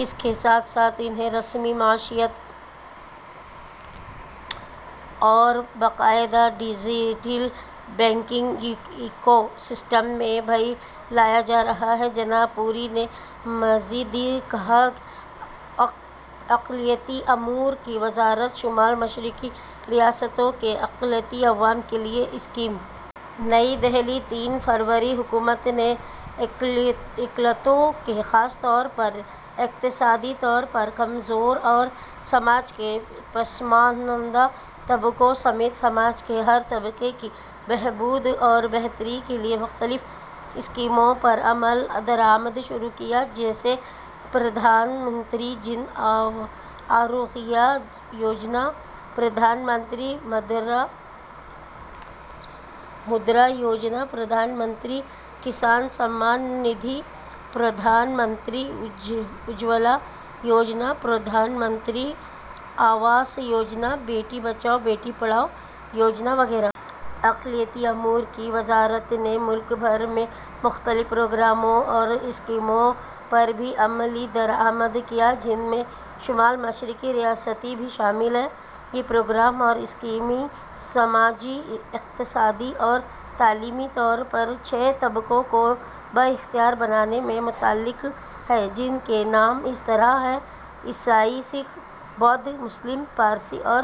اسی کے ساتھ ساتھ انہیں رسمی معیشت اور باقاعدہ ڈیجیٹل بینکنگ ایکو سسٹم میں بھی لایا جا رہا ہے۔ جناب پوری نے مزید کہا۔ اقلیتی امور کی وزارت: شمال مشرقی ریاستوں کے اقلیتی عوام کے لیے اسکیم۔ نئی دہلی، تین فروری۔ حکومت نے اقلیتوں، خاص طور پر اقتصادی طور پر کمزور اور سماج کے پسماندہ طبقوں سمیت سماج کے ہر طبقے کی بہبود اور بہتری کے لیے مختلف اسکیموں پر عمل درآمد شروع کیا ہے، جیسے پردھان منتری جن آروگیا یوجنا، پردھان منتری مدرا یوجنا، پردھان منتری کسان سمان ندھی، پردھان منتری اجولا یوجنا، پردھان منتری آواس یوجنا، بیٹی بچاؤ بیٹی پڑھاؤ یوجنا وغیرہ۔ اقلیتی امور کی وزارت نے ملک بھر میں مختلف پروگراموں اور اسکیموں پر بھی عمل درآمد کیا ہے، جن میں شمال مشرقی ریاستیں بھی شامل ہیں۔ یہ پروگرام اور اسکیمیں سماجی، اقتصادی اور تعلیمی طور پر چھ طبقوں کو بااختیار بنانے سے متعلق ہیں، جن کے نام اس طرح ہیں: عیسائی، سکھ، بودھ، مسلم، پارسی اور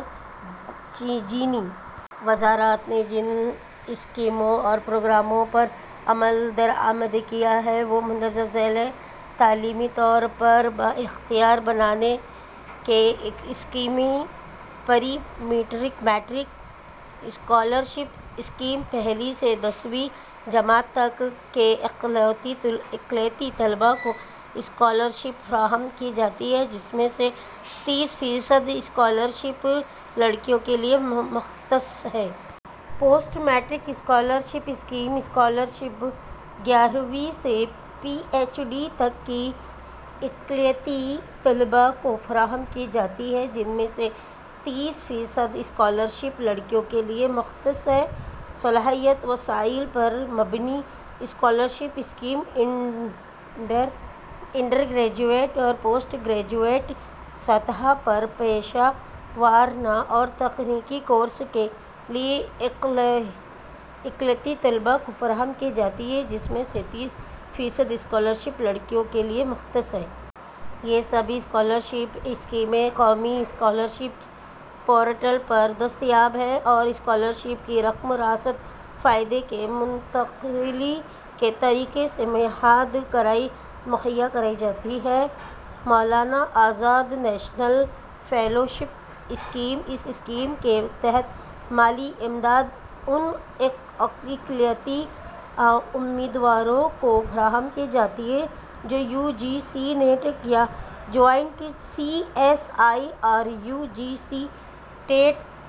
جینی۔ وزارت نے جن اسکیموں اور پروگراموں پر عمل درآمد کیا ہے، وہ مندرجہ ذیل ہیں۔ تعلیمی طور پر بااختیار بنانے کی اسکیمیں: پری میٹرک اسکالرشپ اسکیم، پہلی سے دسویں جماعت تک کے اقلیتی طلبا کو اسکالرشپ فراہم کی جاتی ہے، جس میں سے تیس فیصد اسکالرشپ لڑکیوں کے لیے مختص ہے۔ Post matric scholarship scheme, scholarship گیارہویں سے پی ایچ ڈی تک کے اقلیتی طلبا کو فراہم کی جاتی ہے، جن میں سے تیس فیصد اسکالرشپ لڑکیوں کے لیے مختص ہے۔ صلاحیت و وسائل پر مبنی اسکالرشپ اسکیم، انڈر گریجویٹ اور پوسٹ گریجویٹ سطح پر پیشہ ورانہ اور تکنیکی کورس کے لیے اقلیتی طلبا کو فراہم کی جاتی ہے، جس میں سے تیس فیصد اسکالرشپ لڑکیوں کے لیے مختص ہے۔ یہ سبھی اسکالرشپ اسکیمیں قومی اسکالرشپ پورٹل پر دستیاب ہیں اور اسکالرشپ کی رقم راست فائدے کی منتقلی کے طریقے سے مہیا کرائی جاتی ہے۔ Maulana Azad national fellowship scheme, اس اسکیم کے تحت مالی امداد ان اقلیتی امیدواروں کو فراہم کی جاتی ہے جو یو جی سی نیٹ یا joint C S I R U G C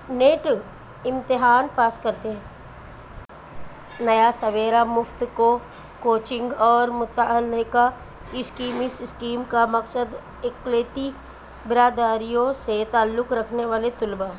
NET امتحان پاس کرتے ہیں۔ نیا سویرا مفت کوچنگ اور متعلقہ اسکیم، اس اسکیم کا مقصد اقلیتی برادریوں سے تعلق رکھنے والے طلبا